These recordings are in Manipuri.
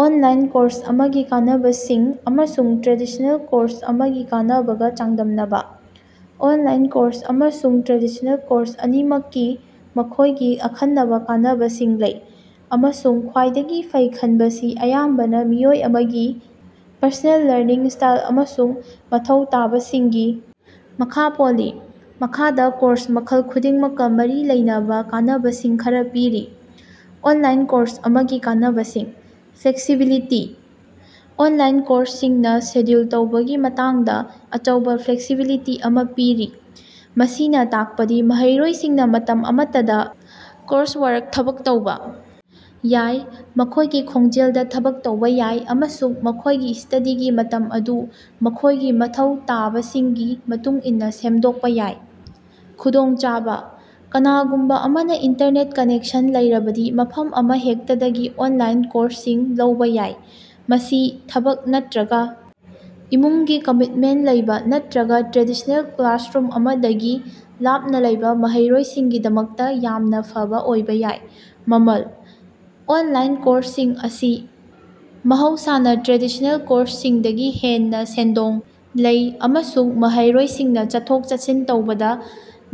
ꯑꯣꯟꯂꯥꯏꯟ ꯀꯣꯔꯁ ꯑꯃꯒꯤ ꯀꯥꯟꯅꯕꯁꯤꯡ ꯑꯃꯁꯨꯡ ꯇ꯭ꯔꯦꯗꯤꯁꯅꯦꯜ ꯀꯣꯔꯁ ꯑꯃꯒꯤ ꯀꯥꯟꯅꯕꯒ ꯆꯥꯡꯗꯝꯅꯕ꯫ ꯑꯣꯟꯂꯥꯏꯟ ꯀꯣꯔꯁ ꯑꯃꯁꯨꯡ ꯇ꯭ꯔꯦꯗꯤꯁꯅꯦꯜ ꯀꯣꯔꯁ ꯑꯅꯤꯃꯛꯀꯤ ꯃꯈꯣꯢꯒꯤ ꯑꯈꯟꯅꯕ ꯀꯥꯟꯅꯕꯁꯤꯡ ꯂꯩ ꯑꯃꯁꯨꯡ ꯈ꯭ꯋꯥꯏꯗꯒꯤ ꯐꯩ ꯈꯟꯕꯁꯤ ꯑꯌꯥꯝꯕꯅ ꯃꯤꯑꯣꯏ ꯑꯃꯒꯤ ꯄꯔꯁꯣꯅꯦꯜ ꯂꯔꯅꯤꯡ ꯁ꯭ꯇꯥꯏꯜ ꯑꯃꯁꯨꯡ ꯃꯊꯧ ꯇꯥꯕꯁꯤꯡꯒꯤ ꯃꯈꯥ ꯄꯣꯜꯂꯤ꯫ ꯃꯈꯥꯗꯥ ꯀꯣꯔꯁ ꯃꯈꯜ ꯈꯨꯗꯤꯡꯃꯛꯀ ꯃꯔꯤ ꯂꯩꯅꯕꯥ ꯀꯥꯟꯅꯕꯁꯤꯡ ꯈꯔꯥ ꯄꯤꯔꯤ꯫ ꯑꯣꯅꯂꯥꯏꯟ ꯀꯣꯔꯁ ꯑꯃꯒꯤ ꯀꯥꯟꯅꯕꯁꯤꯡ: ꯐ꯭ꯂꯦꯛꯁꯤꯕꯤꯂꯤꯇꯤ: ꯑꯣꯟꯂꯥꯏꯟ ꯀꯣꯔꯁꯁꯤꯡꯅ ꯁꯦꯗ꯭ꯌꯨꯜ ꯇꯧꯕꯒꯤ ꯃꯇꯥꯡꯗ ꯑꯆꯧꯕ ꯐ꯭ꯂꯦꯛꯁꯤꯕꯤꯂꯤꯇꯤ ꯑꯃ ꯄꯤꯔꯤ꯫ ꯃꯁꯤꯅ ꯇꯥꯛꯄꯗꯤ ꯃꯍꯩꯔꯣꯏꯁꯤꯡꯅ ꯃꯇꯝ ꯑꯃꯠꯇꯗ ꯀꯣꯔꯁꯋꯥꯔꯛ ꯊꯕꯛ ꯇꯧꯕꯥ ꯌꯥꯏ ꯃꯈꯣꯢꯒꯤ ꯈꯣꯡꯖꯦꯜꯗ ꯊꯕꯛ ꯇꯧꯕꯥ ꯌꯥꯏ ꯑꯃꯁꯨꯡ ꯃꯈꯣꯢꯒꯤ ꯁ꯭ꯇꯗꯤꯒꯤ ꯃꯇꯝ ꯑꯗꯨ ꯃꯈꯣꯢꯒꯤ ꯃꯊꯧ ꯇꯥꯕꯁꯤꯡꯒꯤ ꯃꯇꯨꯡ ꯏꯟꯅ ꯁꯦꯝꯗꯣꯛꯄ ꯌꯥꯏ꯫ ꯈꯨꯗꯣꯡꯆꯥꯕꯥ: ꯀꯅꯥꯒꯨꯝꯕ ꯑꯃꯅ ꯏꯟꯇꯔꯅꯦꯠ ꯀꯅꯦꯛꯁꯟ ꯂꯩꯔꯕꯗꯤ ꯃꯐꯝ ꯑꯃꯍꯦꯛꯇꯗꯒꯤ ꯑꯣꯟꯂꯥꯏꯟ ꯀꯣꯔꯁꯁꯤꯡ ꯂꯧꯕꯥ ꯌꯥꯏ꯫ ꯃꯁꯤ ꯊꯕꯛ ꯅꯠꯇ꯭ꯔꯒ ꯏꯃꯨꯡꯒꯤ ꯀꯃꯤꯇꯃꯦꯟꯇ ꯂꯩꯕꯥ ꯅꯠꯇ꯭ꯔꯒ ꯇ꯭ꯔꯦꯗꯤꯁꯅꯦꯜ ꯀ꯭ꯂꯥꯁꯔꯨꯝ ꯑꯃꯗꯒꯤ ꯂꯥꯞꯅ ꯂꯩꯕꯥ ꯃꯍꯩꯔꯣꯏꯁꯤꯡꯒꯤꯗꯃꯛꯇ ꯌꯥꯝꯅ ꯐꯕ ꯑꯣꯏꯕꯥ ꯌꯥꯏ꯫ ꯃꯃꯜ: ꯑꯣꯟꯂꯥꯏꯟ ꯀꯣꯔꯁꯁꯤꯡ ꯑꯁꯤ ꯃꯍꯧꯁꯥꯅ ꯇ꯭ꯔꯦꯗꯤꯁꯅꯦꯜ ꯀꯣꯔꯁꯁꯤꯡꯗꯒꯤ ꯍꯦꯟꯅ ꯁꯦꯟꯗꯣꯡ ꯂꯩ ꯑꯃꯁꯨꯡ ꯃꯍꯩꯔꯣꯏꯁꯤꯡꯅ ꯆꯠꯊꯣꯛ ꯆꯠꯁꯤꯟ ꯇꯧꯕꯗ,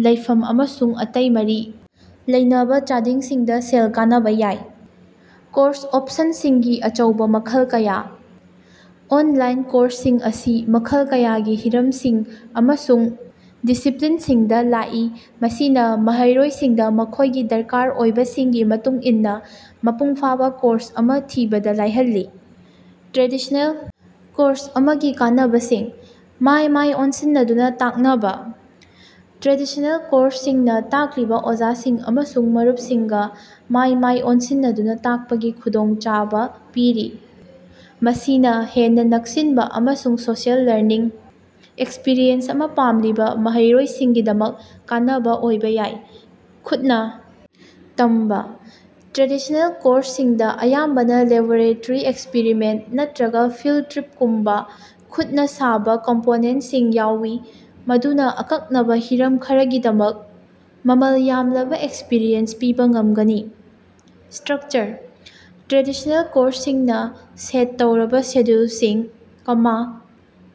ꯂꯩꯐꯝ ꯑꯃꯁꯨꯡ ꯑꯇꯩ ꯃꯔꯤ ꯂꯩꯅꯕ ꯆꯥꯗꯤꯡꯁꯤꯡꯗ ꯁꯦꯜ ꯀꯅꯕꯥ ꯌꯥꯏ꯫ ꯀꯣꯔꯁ ꯑꯣꯞꯁꯟꯁꯤꯡꯒꯤ ꯑꯆꯧꯕ ꯃꯈꯜ ꯀꯌꯥ: ꯑꯣꯟꯂꯥꯏꯟ ꯀꯣꯔꯁꯁꯤꯡ ꯑꯁꯤ ꯃꯈꯜ ꯀꯌꯥꯒꯤ ꯍꯤꯔꯝꯁꯤꯡ ꯑꯃꯁꯨꯡ ꯗꯤꯁꯤꯄ꯭ꯂꯤꯟꯁꯤꯡꯗ ꯂꯥꯛꯏ ꯃꯁꯤꯅ ꯃꯍꯩꯔꯣꯏꯁꯤꯡꯗ ꯃꯈꯣꯢꯒꯤ ꯗꯔꯀꯥꯔ ꯑꯣꯏꯕꯁꯤꯡꯒꯤ ꯃꯇꯨꯡ ꯏꯟꯅ ꯃꯄꯨꯡ ꯐꯥꯕ ꯀꯣꯔꯁ ꯑꯃ ꯊꯤꯕꯗ ꯂꯥꯏꯍꯜꯂꯤ꯫ ꯇ꯭ꯔꯦꯗꯤꯁꯅꯦꯜ ꯀꯣꯔꯁ ꯑꯃꯒꯤ ꯀꯥꯟꯅꯕꯁꯤꯡ: ꯃꯥꯏ ꯃꯥꯏ ꯑꯣꯟꯁꯟꯅꯗꯨꯅ ꯇꯥꯛꯅꯕ: ꯇ꯭ꯔꯦꯗꯤꯁꯅꯦꯜ ꯀꯣꯔꯁꯁꯤꯡꯅ ꯇꯥꯛꯂꯤꯕ ꯑꯣꯖꯥꯁꯤꯡ ꯑꯃꯁꯨꯡ ꯃꯔꯨꯞꯁꯤꯡꯒ ꯃꯥꯏ ꯃꯥꯏ ꯑꯣꯟꯁꯤꯟꯅꯗꯨꯅ ꯇꯥꯛꯄꯒꯤ ꯈꯨꯗꯣꯡꯆꯥꯕ ꯄꯤꯔꯤ꯫ ꯃꯁꯤꯅ ꯍꯦꯟꯅ ꯅꯛꯁꯟꯕ ꯑꯃꯁꯨꯡ ꯁꯣꯁꯤꯑꯦꯜ ꯂꯔꯅꯤꯡ ꯑꯦꯛꯁꯄꯤꯔꯤꯑꯦꯟꯁ ꯑꯃ ꯄꯥꯝꯂꯤꯕ ꯃꯍꯩꯔꯣꯏꯁꯤꯡꯒꯤꯗꯃꯛ ꯀꯥꯟꯅꯕ ꯑꯣꯏꯕ ꯌꯥꯏ꯫ ꯈꯨꯠꯅꯥ ꯇꯝꯕꯥ: ꯇ꯭ꯔꯦꯗꯤꯁꯅꯦꯜ ꯀꯣꯔꯁꯁꯤꯡꯗ ꯑꯌꯥꯝꯕꯅ ꯂꯦꯕꯣꯔꯦꯇꯔꯤ ꯑꯦꯛꯁꯄ꯭ꯔꯤꯃꯦꯟꯇ ꯅꯠꯇ꯭ꯔꯒ ꯐꯤꯜꯗ ꯇ꯭ꯔꯤꯞꯀꯨꯝꯕ ꯈꯨꯠꯅ ꯁꯥꯕꯥ ꯀꯝꯄꯣꯅꯦꯟꯇꯁꯤꯡ ꯌꯥꯎꯏ ꯃꯗꯨꯅ ꯑꯀꯛꯅꯕ ꯍꯤꯔꯝ ꯈꯔꯒꯤꯗꯃꯛ ꯃꯃꯜ ꯌꯥꯝꯂꯕ ꯑꯦꯛꯁꯄꯔꯤꯌꯦꯟꯁ ꯄꯤꯕ ꯉꯝꯒꯅꯤ꯫ ꯁꯇ꯭ꯔꯀꯆꯔ: ꯇ꯭ꯔꯦꯗꯤꯁꯅꯦꯜ ꯀꯣꯔꯁꯁꯤꯡꯅ ꯁꯦꯠ ꯇꯧꯔꯕ ꯁꯦꯗ꯭ꯌꯨꯜꯁꯤꯡ,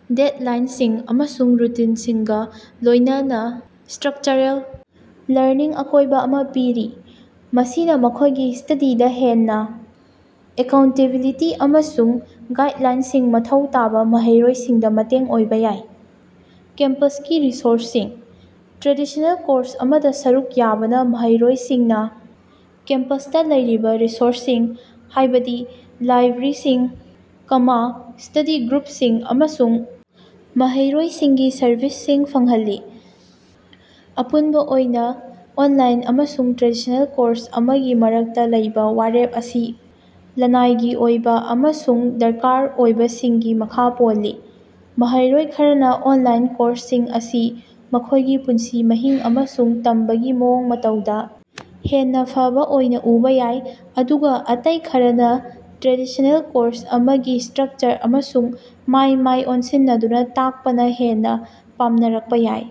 ꯗꯦꯗꯂꯥꯏꯟꯁꯤꯡ ꯑꯃꯁꯨꯡ ꯔꯨꯇꯤꯟꯁꯤꯡꯒ ꯂꯣꯢꯅꯅꯥ ꯁꯇ꯭ꯔꯛꯆꯔꯦꯜ ꯂꯔꯅꯤꯡ ꯑꯀꯣꯏꯕ ꯑꯃꯥ ꯄꯤꯔꯤ꯫ ꯃꯁꯤꯅ ꯃꯈꯣꯢꯒꯤ ꯁꯇꯗꯤꯗ ꯍꯦꯟꯅ ꯑꯦꯀꯥꯎꯟꯇꯦꯕꯤꯂꯤꯇꯤ ꯑꯃꯁꯨꯡ ꯒꯥꯏꯗꯂꯥꯏꯟꯁꯤꯡ ꯃꯊꯧ ꯇꯥꯕ ꯃꯍꯩꯔꯣꯏꯁꯤꯡꯗ ꯃꯇꯦꯡ ꯑꯣꯏꯕ ꯌꯥꯏ꯫ ꯀꯦꯝꯄꯁꯀꯤ ꯔꯤꯁꯣꯔꯁꯁꯤꯡ: ꯇ꯭ꯔꯦꯗꯤꯁꯅꯦꯜ ꯀꯣꯔꯁ ꯑꯃꯗ ꯁꯔꯨꯛ ꯌꯥꯕꯅ ꯃꯍꯩꯔꯣꯏꯁꯤꯡꯅ ꯀꯦꯝꯄꯁꯇ ꯂꯩꯔꯤꯕ ꯔꯤꯁꯣꯔꯁꯁꯤꯡ ꯍꯥꯢꯕꯗꯤ ꯂꯥꯏꯕ꯭ꯔꯦꯔꯤꯁꯤꯡ, ꯁ꯭ꯇꯗꯤ ꯒ꯭ꯔꯨꯞꯁꯤꯡ ꯑꯃꯁꯨꯡ ꯃꯍꯩꯔꯣꯏꯁꯤꯡꯒꯤ ꯁꯔꯚꯤꯁꯁꯤꯡ ꯐꯪꯍꯜꯂꯤ꯫ ꯑꯄꯨꯟꯕ ꯑꯣꯏꯅ ꯑꯣꯟꯂꯥꯏꯟ ꯑꯃꯁꯨꯡ ꯇ꯭ꯔꯦꯗꯤꯁꯅꯦꯜ ꯀꯣꯔꯁ ꯑꯃꯒꯤ ꯃꯔꯛꯇ ꯂꯩꯕꯥ ꯋꯥꯔꯦꯞ ꯑꯁꯤ ꯂꯅꯥꯏꯒꯤ ꯑꯣꯏꯕ ꯑꯃꯁꯨꯡ ꯗꯔꯀꯥꯔ ꯑꯣꯏꯕꯁꯤꯡꯒꯤ ꯃꯈꯥ ꯄꯣꯜꯂꯤ꯫ ꯃꯍꯩꯔꯣꯏ ꯈꯔꯅ ꯑꯣꯟꯂꯥꯏꯟ ꯀꯣꯔꯁꯁꯤꯡ ꯑꯁꯤ ꯃꯈꯣꯢꯒꯤ ꯄꯨꯟꯁꯤ ꯃꯍꯤꯡ ꯑꯃꯁꯨꯡ ꯇꯝꯕꯒꯤ ꯃꯑꯣꯡ ꯃꯇꯧꯗ ꯍꯦꯟꯅ ꯐꯕ ꯑꯣꯏꯅ ꯎꯕꯥ ꯌꯥꯏ ꯑꯗꯨꯒ ꯑꯇꯩ ꯈꯔꯅ ꯇ꯭ꯔꯦꯗꯤꯁꯅꯦꯜ ꯀꯣꯔꯁ ꯑꯃꯒꯤ ꯁꯇ꯭ꯔꯛꯆꯔ ꯑꯃꯁꯨꯡ ꯃꯥꯏ ꯃꯥꯏ ꯑꯣꯟꯁꯤꯟꯅꯗꯨꯅ ꯇꯥꯛꯄꯅ ꯍꯦꯟꯅꯥ ꯄꯥꯝꯅꯔꯛꯄ ꯌꯥꯏ꯫